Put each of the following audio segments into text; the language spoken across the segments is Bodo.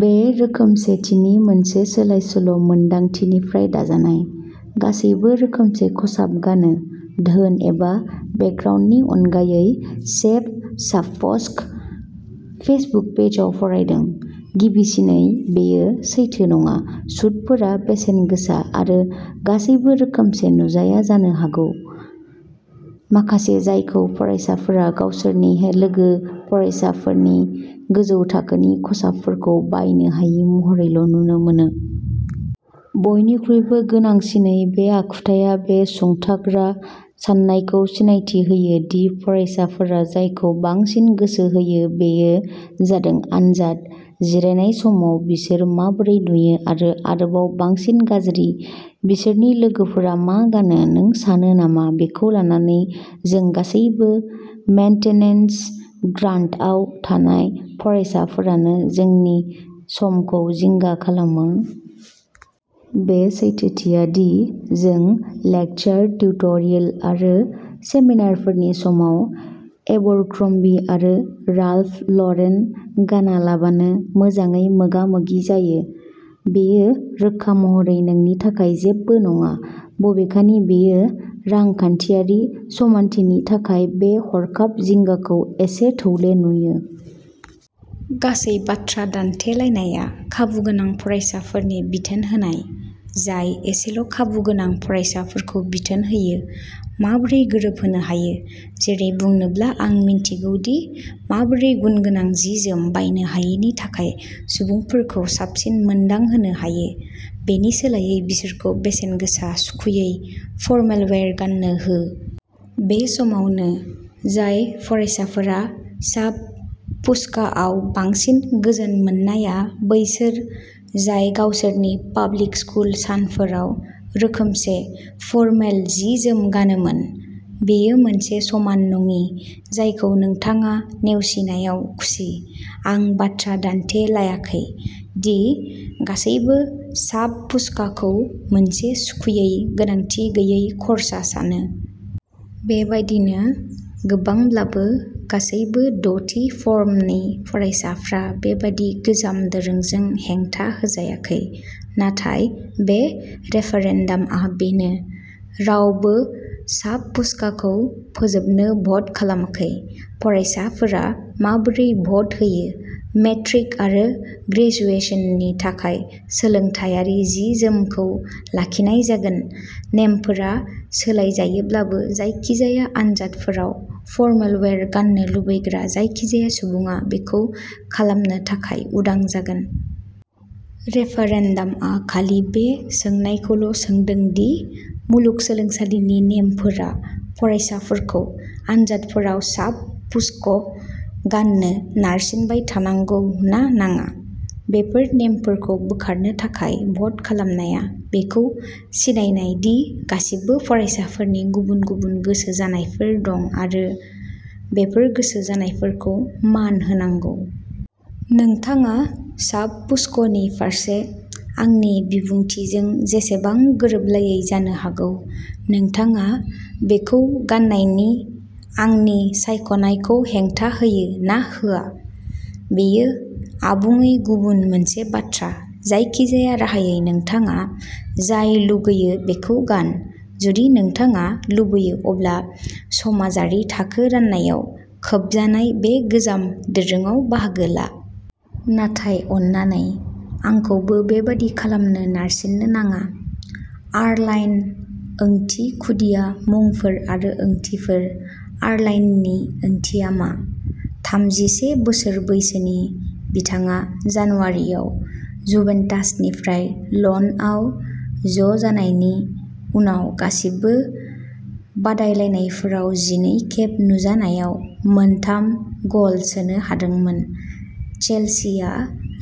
बे रोखोमसेथिनि मोनसे सोलाय-सोल' मोनदांथिनिफ्राय दाजानाय। गासैबो रोखोमसे खसाब गानो, धोन एबा बेकग्राउन्डनि अनगायै सेभ साबफस्क फेसबुक पेजआव फरायदों। गिबिसिनै, बेयो सैथो नङा सुटफोरा बेसेन गोसा आरो गासैबो रोखोमसे नुजाया जानो हागौ माखासे जायखौ फरायसाफोरा गावसोरनि लोगो फरायसाफोरनि गोजौ थाखोनि खसाबफोरखौ बायनो हायि महरैल' नुनो मोनो। बयनिख्रुइबो गोनांसिनै, बे आखुथाया बे सुंथाग्रा सान्नायखौ सिनायथि होयो दि फरायसाफोरा जायखौ बांसिन गोसो होयो बेयो जादों आनजाद जिरायनाय समाव बिसोर माबोरै नुयो आरो, आरोबाव बांसिन गाज्रि, बिसोरनि लोगोफोरा मा गानो। नों सानो नामा बेखौ लानानै जों गासैबो मेंटेनेन्स ग्रान्टआव थानाय फरायसाफोरानो जोंनि समखौ जिंगा खालामो? बे सैथोथिया दि जों लेकचार, टिउटरियेल आरो सेमिनारफोरनि समाव एबरक्र'म्बी आरो राल्फ लरेन गानालाबानो मोजाङै मोगा-मोगि जायो, बेयो रोखा महरै नोंनि थाखाय जेबबो नङा बबेखानि बेयो रांखान्थियारि समानथिनि थाखाय बे हरखाब जिंगाखौ एसे थौले नुयो। गासै बाथ्रा दान्थेलायनाया खाबु गोनां फरायसाफोरनि बिथोन होनाय, जाय एसेल' खाबु गोनां फरायसाफोरखौ बिथोन होयो। माबोरै गोरोबहोनो हायो, जेरै बुंनोब्ला आं मिन्थिगौ दि माबोरै गुनगोनां जि-जोम बायनो हायैनि थाखाय सुबुंफोरखौ साबसिन मोनदांहोनो हायो; बेनि सोलायै बिसोरखौ बेसेन गोसा, सुखुयै, फरमेलवेयार गान्नो हो। बे समावनो, जाय फरायसाफोरा साब-फुसकाआव बांसिन गोजोन मोननाया बैसोर जाय गावसोरनि पाब्लिक-स्कुल सानफोराव रोखोमसे फरमेल जि-जोम गानोमोन, बेयो मोनसे समान नङि जायखौ नोंथाङा नेवसिनायाव खुसि। आं बाथ्रा दानथेलायाखै दि गासैबो साब-फुसकाखौ मोनसे सुखुयै, गोनांथि गैयै खर्सा सानो। बेबायदिनो, गोबांब्लाबो, गासैबो द'थि फर्मनि फरायसाफ्रा बेबादि गोजाम दोरोंजों हेंथा होजायाखै। नाथाय बे रेफरेन्डामआ बेनो। रावबो साब-फुसकाखौ फोजोबनो भ'ट खालामाखै। फरायसाफोरा माबोरै भ'ट होयो, मेट्रिक आरो ग्रेजुएशननि थाखाय सोलोंथायारि जि-जोमखौ लाखिनाय जागोन। नेमफोरा सोलायजायोब्लाबो, जायखिजाया आनजादफोराव फरमेलवेयार गान्नो लुबैग्रा जायखिजाया सुबुङा बेखौ खालामनो थाखाय उदां जागोन। रेफरेन्डमआ खालि बे सोंनायखौल' सोंदों दि मुलुगसोलोंसालिनि नेमफोरा फरायसाफोरखौ आनजादफोराव साब फुस्क गान्नो नारसिनबाय थानांगौ ना नाङा। बेफोर नेमफोरखौ बोखारनो थाखाय भ'ट खालामनाया बेखौ सिनायनाय दि गासिबो फरायसाफोरनि गुबुन गुबुन गोसो जानायफोर दं, आरो बेफोर गोसो जानायफोरखौ मान होनांगौ। नोंथाङा साब फुस्कनि फारसे आंनि बिबुंथिजों जेसेबां गोरोबलायै जानो हागौ, नोंथाङा बेखौ गान्नायनि आंनि सायख'नायखौ हेंथा होयो ना होआ, बेयो आबुङै गुबुन मोनसे बाथ्रा। जायखिजाया राहायै नोंथाङा जाय लुगैयो बेखौ गान। जुदि नोंथाङा लुबैयो अब्ला समाजारि थाखो राननायाव खोबजानाय बे गोजाम दोरोंआव बाहागो ला। नाथाय अन्नानै, आंखौबो बेबादि खालामनो नारसिननो नाङा। आर्लाइन ओंथि खुदिया मुंफोर आरो ओंथिफोर। आर्लाइननि ओंथिया मा? थामजिसे बोसोर बैसोनि बिथाङा जानुवारिआव जुभेन्टासनिफ्राय ल'नआव ज'जानायनि उनाव गासिबो बादायलायनायफोराव जिनै खेब नुजानायाव मोनथाम गल सोनो हादोंमोन। चेल्सिया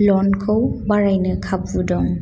ल'नखौ बारायनो खाबु दं।